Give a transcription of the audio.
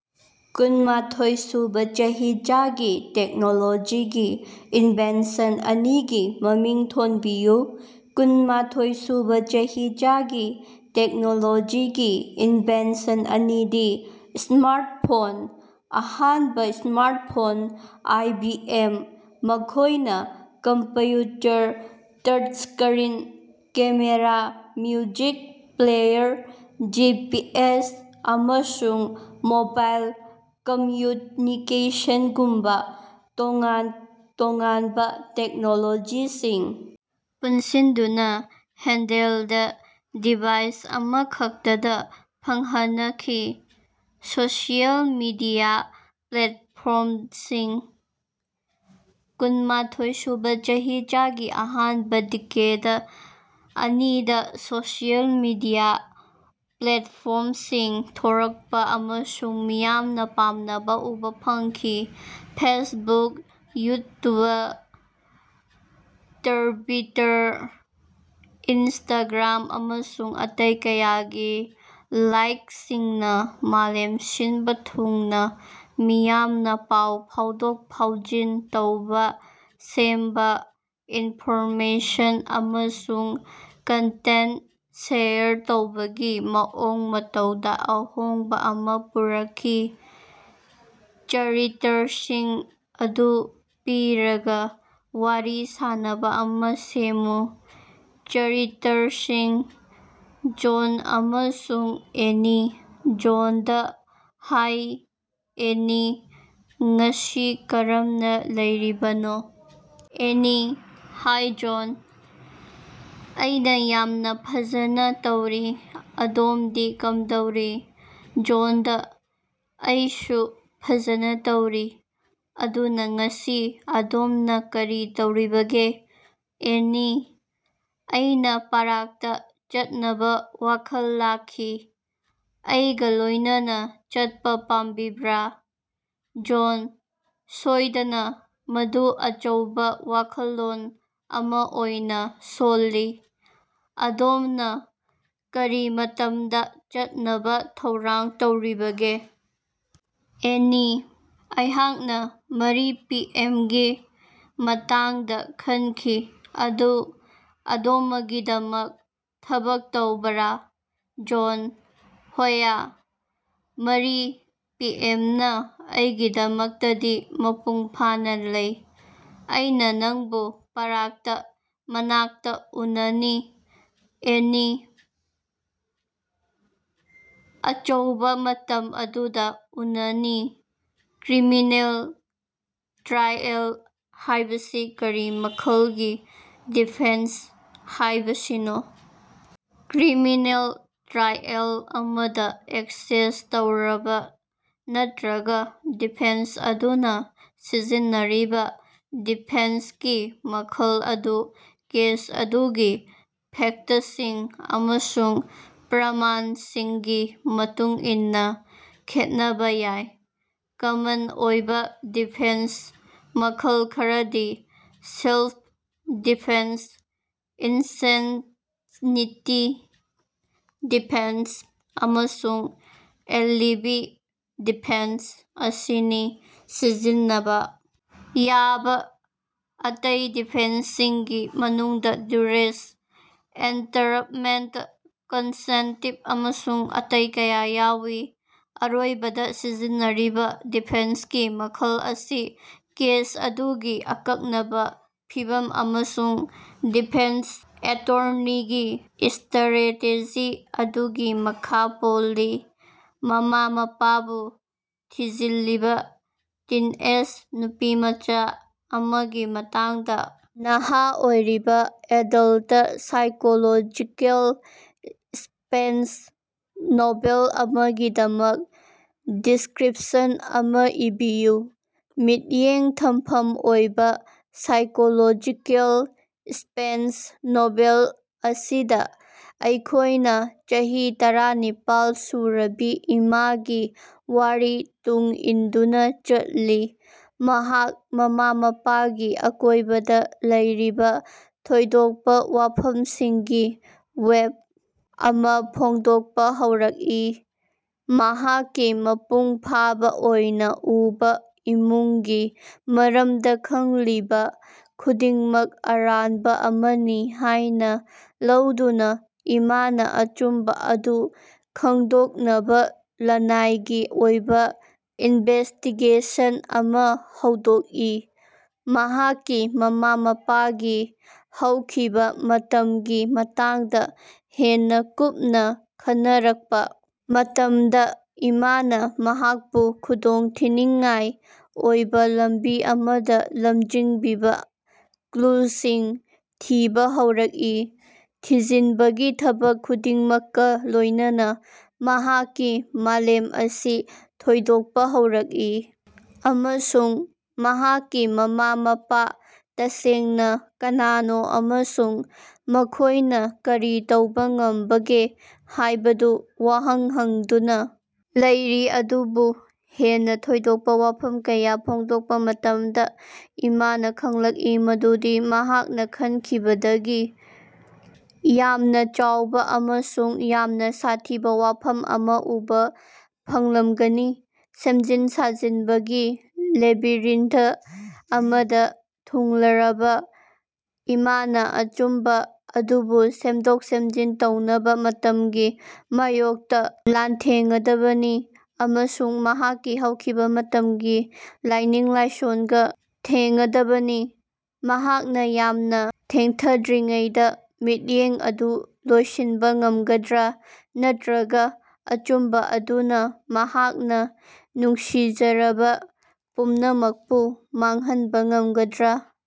ꯀꯨꯟꯃꯊꯣꯏꯁꯨꯕ ꯆꯍꯤꯆꯥꯒꯤ ꯇꯦꯛꯅꯣꯂꯣꯖꯤꯒꯤ ꯏꯟꯚꯦꯟꯁꯟ ꯑꯅꯤꯒꯤ ꯃꯃꯤꯡ ꯊꯣꯟꯕꯤꯌꯨ꯫ ꯀꯨꯟꯃꯊꯣꯏꯁꯨꯕ ꯆꯍꯤꯆꯥꯒꯤ ꯇꯦꯛꯅꯣꯂꯣꯖꯤꯒꯤ ꯏꯟꯚꯦꯟꯁꯟ ꯑꯅꯤꯗꯤ: ꯁ꯭ꯃꯥꯔꯠꯐꯣꯟ: ꯑꯍꯥꯟꯕ ꯁ꯭ꯃꯥꯔꯠꯐꯣꯟ ꯑꯥꯏ. ꯕꯤ. ꯑꯦꯝ. ꯃꯈꯣꯏꯅ computer, touchscreen, camera, music player, G. P. S., ꯑꯃꯁꯨꯡ ꯃꯣꯕꯥꯏꯜ ꯀꯝꯝꯌꯨꯅꯤꯀꯦꯁꯟꯒꯨꯝꯕ ꯇꯣꯉꯥꯟ ꯇꯣꯉꯥꯟꯕ ꯇꯦꯛꯅꯣꯂꯣꯖꯤꯁꯤꯡ ꯄꯨꯟꯁꯤꯟꯗꯨꯅ ꯍꯦꯟꯙꯦꯜꯗ ꯗꯤꯚꯥꯏꯁ ꯑꯃꯈꯛꯇꯗ ꯐꯪꯍꯅꯈꯤ꯫ ꯁꯣꯁꯤꯌꯦꯜ ꯃꯤꯗꯤꯌꯥ ꯄ꯭ꯂꯦꯠꯐꯣꯔꯝꯁꯤꯡ: ꯀꯨꯟꯃꯊꯣꯏꯁꯨꯕ ꯆꯍꯤꯆꯥꯒꯤ ꯑꯍꯥꯟꯕ ꯗꯤꯀꯦꯗ ꯑꯅꯤꯗ ꯁꯣꯁꯤꯌꯦꯜ ꯃꯤꯗꯤꯌꯥ ꯄ꯭ꯂꯦꯠꯐꯣꯔꯝꯁꯤꯡ ꯊꯣꯔꯛꯄ ꯑꯃꯁꯨꯡ ꯃꯤꯌꯥꯝꯅ ꯄꯥꯝꯅꯕ ꯎꯕ ꯐꯪꯈꯤ꯫ ꯐꯦꯁꯕꯨꯛ, ꯌꯨꯠꯌꯨꯕ, ꯇ꯭ꯕꯤꯇꯔ, ꯏꯟꯁꯇꯥꯒ꯭ꯔꯥꯝ, ꯑꯃꯁꯨꯡ ꯑꯇꯩ ꯀꯌꯥꯒꯤ ꯂꯥꯏꯛꯁꯤꯡꯅ ꯃꯥꯂꯦꯝ ꯁꯤꯟꯕ ꯊꯨꯡꯅ ꯃꯤꯌꯥꯝꯅ ꯄꯥꯎ ꯐꯥꯎꯗꯣꯛ-ꯐꯥꯎꯖꯤꯟ ꯇꯧꯕ, ꯁꯦꯝꯕ, ꯏꯟꯐꯣꯔꯃꯦꯁꯟ ꯑꯃꯁꯨꯡ ꯀꯟꯇꯦꯟꯇ ꯁꯦꯌꯔ ꯇꯧꯕꯒꯤ ꯃꯑꯣꯡ-ꯃꯇꯧꯗ ꯑꯍꯣꯡꯕ ꯑꯃ ꯄꯨꯔꯛꯈꯤ꯫ ꯆꯔꯤꯇꯔꯁꯤꯡ ꯑꯗꯨ ꯄꯤꯔꯒꯥ, ꯋꯥꯔꯤ ꯁꯥꯟꯅꯕ ꯑꯃ ꯁꯦꯝꯃꯨ꯫ ꯆꯔꯤꯇꯔꯁꯤꯡ: ꯖꯣꯟ ꯑꯃꯁꯨꯡ ꯑꯦꯅꯤ꯫ ꯖꯣꯟꯗꯥ: ꯍꯥꯏ ꯑꯦꯟꯅꯤ, ꯉꯁꯤ ꯀꯔꯝꯅ ꯂꯩꯔꯤꯕꯅꯣ? ꯑꯦꯟꯅꯤ: ꯍꯥꯏ ꯖꯣꯟ, ꯑꯩꯅ ꯌꯥꯝꯅ ꯐꯖꯅ ꯇꯧꯔꯤ꯫ ꯑꯗꯣꯝꯗꯤ ꯀꯝꯗꯧꯔꯤ? ꯖꯣꯟꯗꯥ: ꯑꯩꯁꯨ ꯐꯖꯅ ꯇꯧꯔꯤ꯫ ꯑꯗꯨꯅ, ꯉꯁꯤ ꯑꯗꯣꯝꯅ ꯀꯔꯤ ꯇꯧꯔꯤꯕꯒꯦ? ꯑꯦꯟꯅꯤ: ꯑꯩꯅ ꯄꯥꯔꯛꯇ ꯆꯠꯅꯕ ꯋꯥꯈꯜ ꯂꯥꯛꯈꯤ꯫ ꯑꯩꯒ ꯂꯣꯏꯅꯅ ꯆꯠꯄ ꯄꯥꯝꯕꯤꯕ꯭ꯔꯥ? ꯖꯣꯟ: ꯁꯣꯏꯗꯅ, ꯃꯗꯨ ꯑꯆꯧꯕꯥ ꯋꯥꯈꯜꯂꯣꯟ ꯑꯃ ꯑꯣꯏꯅ ꯁꯣꯜꯂꯤ꯫ ꯑꯗꯣꯝꯅ ꯀꯔꯤ ꯃꯇꯝꯗ ꯆꯠꯅꯕ ꯊꯧꯔꯥꯡ ꯇꯧꯔꯤꯕꯒꯦ? ꯑꯦꯟꯅꯤ: ꯑꯩꯍꯥꯛꯅꯥ ꯃꯔꯤ ꯄꯤ. ꯑꯦꯝ. ꯒꯤ ꯃꯇꯥꯡꯗ ꯈꯟꯈꯤ꯫ ꯃꯗꯨ ꯑꯗꯣꯃꯒꯤꯗꯃꯛ ꯊꯕꯛ ꯇꯧꯕꯔꯥ? ꯖꯣꯟ: ꯍꯣꯌ, ꯃꯔꯤ ꯄꯤ. ꯑꯦꯝ. ꯅ ꯑꯩꯒꯤꯗꯃꯛꯇꯗꯤ ꯃꯄꯨꯡ ꯐꯥꯅ ꯂꯩ꯫ ꯑꯩꯅ ꯅꯪꯕꯨ ꯄꯥꯔꯛꯀꯤ ꯃꯅꯥꯛꯇ ꯎꯅꯅꯤ꯫ ꯑꯦꯟꯅꯤ: ꯑꯆꯧꯕꯥ, ꯃꯇꯝ ꯑꯗꯨꯗ ꯎꯅꯅꯤ! ꯀ꯭ꯔꯤꯃꯤꯅꯦꯜ ꯇ꯭ꯔꯥꯏꯑꯦꯜ ꯍꯥꯏꯕꯁꯤ ꯀꯔꯤ ꯃꯈꯜꯒꯤ ꯗꯤꯐꯦꯟꯁ ꯍꯥꯏꯕꯁꯤꯅꯣ? ꯀ꯭ꯔꯤꯃꯤꯅꯦꯜ ꯇ꯭ꯔꯥꯏꯑꯦꯜ ꯑꯃꯗ, ꯑꯦꯛꯁꯦꯁ ꯇꯧꯔꯕ ꯅꯠꯇ꯭ꯔꯒ ꯗꯤꯐꯦꯟꯁ ꯑꯗꯨꯅ ꯁꯤꯖꯤꯟꯅꯔꯤꯕ ꯗꯤꯐꯦꯟꯁꯀꯤ ꯃꯈꯜ ꯑꯗꯨ ꯀꯦꯁ ꯑꯗꯨꯒꯤ ꯐꯦꯛꯇꯁꯤꯡ ꯑꯃꯁꯨꯡ ꯄ꯭ꯔꯃꯥꯟꯁꯤꯡꯒꯤ ꯃꯇꯨꯡꯏꯟꯅ ꯈꯦꯠꯅꯕ ꯌꯥꯏ꯫ ꯀꯃꯟ ꯑꯣꯏꯕ ꯗꯤꯐꯦꯟꯁ ꯃꯈꯜ ꯈꯔꯗꯤ ꯁꯦꯜꯐ-ꯗꯤꯐꯦꯟꯁ, ꯏꯟꯁꯦꯟꯅꯤꯇꯤ ꯗꯤꯐꯦꯟꯁ ꯑꯃꯁꯨꯡ ꯑꯦꯂꯤꯕꯤ ꯗꯤꯐꯦꯟꯁ ꯑꯁꯤꯅꯤ꯫ ꯁꯤꯖꯤꯟꯅꯕ ꯌꯥꯕ ꯑꯇꯩ ꯗꯤꯐꯦꯟꯁꯁꯤꯡꯒꯤ ꯃꯅꯨꯡꯗ ꯗꯨꯔꯦꯁ, ꯑꯦꯟꯇꯔꯥꯞꯃꯦꯟꯇ, ꯀꯟꯁꯦꯟꯇꯤꯚ ꯑꯃꯁꯨꯡ ꯑꯇꯩ ꯀꯌꯥ ꯌꯥꯎꯏ꯫ ꯑꯔꯣꯏꯕꯗ, ꯁꯤꯖꯤꯟꯅꯔꯤꯕ ꯗꯤꯐꯦꯟꯁꯀꯤ ꯃꯈꯜ ꯑꯁꯤ ꯀꯦꯁ ꯑꯗꯨꯒꯤ ꯑꯀꯛꯅꯕ ꯐꯤꯚꯝ ꯑꯃꯁꯨꯡ ꯗꯤꯐꯦꯟꯁ ꯑꯦꯇꯣꯔꯅꯤꯒꯤ ꯏꯁꯇꯔꯦꯇꯦꯖꯤ ꯑꯗꯨꯒꯤ ꯃꯈꯥ ꯄꯣꯜꯂꯤ꯫ ꯃꯃꯥ-ꯃꯄꯥꯕꯨ ꯊꯤꯖꯤꯜꯂꯤꯕ ꯇꯤꯟꯑꯦꯖ ꯅꯨꯄꯤꯃꯆꯥ ꯑꯃꯒꯤ ꯃꯇꯥꯡꯗ ꯅꯍꯥ ꯑꯣꯏꯔꯤꯕ ꯑꯦꯗꯜꯇ ꯁꯥꯏꯀꯣꯂꯣꯖꯤꯀꯦꯜ ꯁꯁ꯭ꯄꯦꯟꯁ ꯅꯣꯚꯦꯜ ꯑꯃꯒꯤꯗꯃꯛ ꯗꯤꯁ꯭ꯀꯔꯤꯄꯁꯟ ꯑꯃ ꯏꯕꯤꯌꯨ꯫ ꯃꯤꯠꯌꯦꯡ ꯊꯝꯐꯝ ꯑꯣꯏꯕ ꯁꯥꯏꯀꯣꯂꯣꯖꯤꯀꯦꯜ ꯁꯁ꯭ꯄꯦꯟꯁ ꯅꯣꯚꯦꯜ ꯑꯁꯤꯗ ꯑꯩꯈꯣꯏꯅ ꯆꯍꯤ ꯇꯔꯥꯅꯤꯄꯥꯜ ꯁꯨꯔꯕꯤ ꯏꯃꯥꯒꯤ ꯋꯥꯔꯤ ꯇꯨꯡ ꯏꯟꯗꯨꯅ ꯆꯠꯂꯤ, ꯃꯍꯥꯛ ꯃꯃꯥ-ꯃꯄꯥꯒꯤ ꯑꯀꯣꯏꯕꯗ ꯂꯩꯔꯤꯕ ꯊꯣꯏꯗꯣꯛꯄ ꯋꯥꯐꯝꯁꯤꯡꯒꯤ ꯋꯦꯕ ꯑꯃ ꯐꯣꯡꯗꯣꯛꯄ ꯍꯧꯔꯛꯏ꯫ ꯃꯍꯥꯛꯀꯤ ꯃꯄꯨꯡ ꯐꯥꯕ ꯑꯣꯏꯅꯥ ꯎꯕ ꯏꯃꯨꯡꯒꯤ ꯃꯔꯝꯗ ꯈꯪꯂꯤꯕ ꯈꯨꯗꯤꯡꯃꯛ ꯑꯔꯥꯟꯕ ꯑꯃꯅꯤ ꯍꯥꯏꯅ ꯂꯧꯗꯨꯅ ꯏꯃꯥꯅ ꯑꯆꯨꯝꯕ ꯑꯗꯨ ꯈꯪꯗꯣꯛꯅꯕ ꯂꯅꯥꯏꯒꯤ ꯑꯣꯏꯕ ꯏꯟꯚꯦꯁ꯭ꯇꯤꯒꯦꯁꯟ ꯑꯃ ꯍꯧꯗꯣꯛꯏ꯫ ꯃꯍꯥꯛꯀꯤ ꯃꯃꯥ-ꯃꯄꯥꯒꯤ ꯍꯧꯈꯤꯕꯥ ꯃꯇꯝꯒꯤ ꯃꯇꯥꯡꯗ ꯍꯦꯟꯅ ꯀꯨꯞꯅ ꯈꯟꯅꯔꯛꯄ ꯃꯇꯝꯗ, ꯏꯃꯥꯅ ꯃꯍꯥꯛꯄꯨ ꯈꯨꯗꯣꯡꯊꯤꯅꯤꯡꯉꯥꯏ ꯑꯣꯏꯕ ꯂꯝꯕꯤ ꯑꯃꯗ ꯂꯝꯖꯤꯡꯕꯤꯕ ꯀ꯭ꯂꯨꯁꯤꯡ ꯊꯤꯕ ꯍꯧꯔꯛꯏ꯫ ꯊꯤꯖꯤꯟꯕꯒꯤ ꯊꯕꯛ ꯈꯨꯗꯤꯡꯃꯛꯀꯥ ꯂꯣꯏꯅꯅ ꯃꯍꯥꯛꯀꯤ ꯃꯥꯂꯦꯝ ꯑꯁꯤ ꯊꯣꯏꯗꯣꯛꯄ ꯍꯧꯔꯛꯏ, ꯑꯃꯁꯨꯡ ꯃꯍꯥꯛꯀꯤ ꯃꯃꯥ-ꯃꯄꯥ ꯇꯁꯦꯡꯅ ꯀꯅꯥꯅꯣ ꯑꯃꯁꯨꯡ ꯃꯈꯣꯏꯅ ꯀꯔꯤ ꯇꯧꯕ ꯉꯝꯕꯒꯦ ꯍꯥꯏꯕꯗꯨ ꯋꯥꯍꯪ ꯍꯪꯗꯨꯅ ꯂꯩꯔꯤ꯫ ꯑꯗꯨꯕꯨ ꯍꯦꯟꯅ ꯊꯣꯏꯗꯣꯛꯄ ꯋꯥꯐꯝ ꯀꯌꯥ ꯐꯣꯡꯗꯣꯛꯄ ꯃꯇꯝꯗ, ꯏꯃꯥꯅ ꯈꯪꯂꯛꯏ ꯃꯗꯨꯗꯤ ꯃꯍꯥꯛꯅ ꯈꯟꯈꯤꯕꯗꯒꯤ ꯌꯥꯝꯅ ꯆꯥꯎꯕ ꯑꯃꯁꯨꯡ ꯌꯥꯝꯅ ꯁꯥꯊꯤꯕ ꯋꯥꯐꯝ ꯑꯃ ꯎꯕ ꯐꯪꯂꯝꯒꯅꯤ꯫ ꯁꯦꯝꯖꯤꯟ ꯁꯥꯖꯤꯟꯕꯒꯤ ꯂꯦꯕꯤꯔꯤꯟꯊ ꯑꯃꯗ ꯊꯨꯡꯂꯔꯕ ꯏꯃꯥꯅ ꯑꯆꯨꯝꯕ ꯑꯗꯨꯕꯨ ꯁꯦꯝꯗꯣꯛ-ꯁꯦꯝꯖꯤꯟ ꯇꯧꯅꯕ ꯃꯇꯝꯒꯤ ꯃꯥꯌꯣꯛꯇ ꯂꯥꯟꯊꯦꯡꯉꯗꯕꯅꯤ, ꯑꯃꯁꯨꯡ ꯃꯍꯥꯛꯀꯤ ꯍꯧꯈꯤꯕ ꯃꯇꯝꯒꯤ ꯂꯥꯏꯅꯤꯡ-ꯂꯥꯏꯁꯣꯟꯒꯥ ꯊꯦꯡꯉꯗꯕꯅꯤ꯫ ꯃꯍꯥꯛꯅꯥ ꯌꯥꯝꯅꯥ ꯊꯦꯡꯊꯗ꯭ꯔꯤꯉꯩꯗꯥ ꯃꯤꯠꯌꯦꯡ ꯑꯗꯨ ꯂꯣꯏꯁꯤꯟꯕ ꯉꯝꯒꯗ꯭ꯔꯥ ꯅꯠꯇ꯭ꯔꯒꯥ ꯑꯆꯨꯝꯕ ꯑꯗꯨꯅ ꯃꯍꯥꯛꯅ ꯅꯨꯡꯁꯤꯖꯔꯕ ꯄꯨꯝꯅꯃꯛꯄꯨ ꯃꯥꯡꯍꯟꯕ ꯉꯝꯒꯗ꯭ꯔꯥ?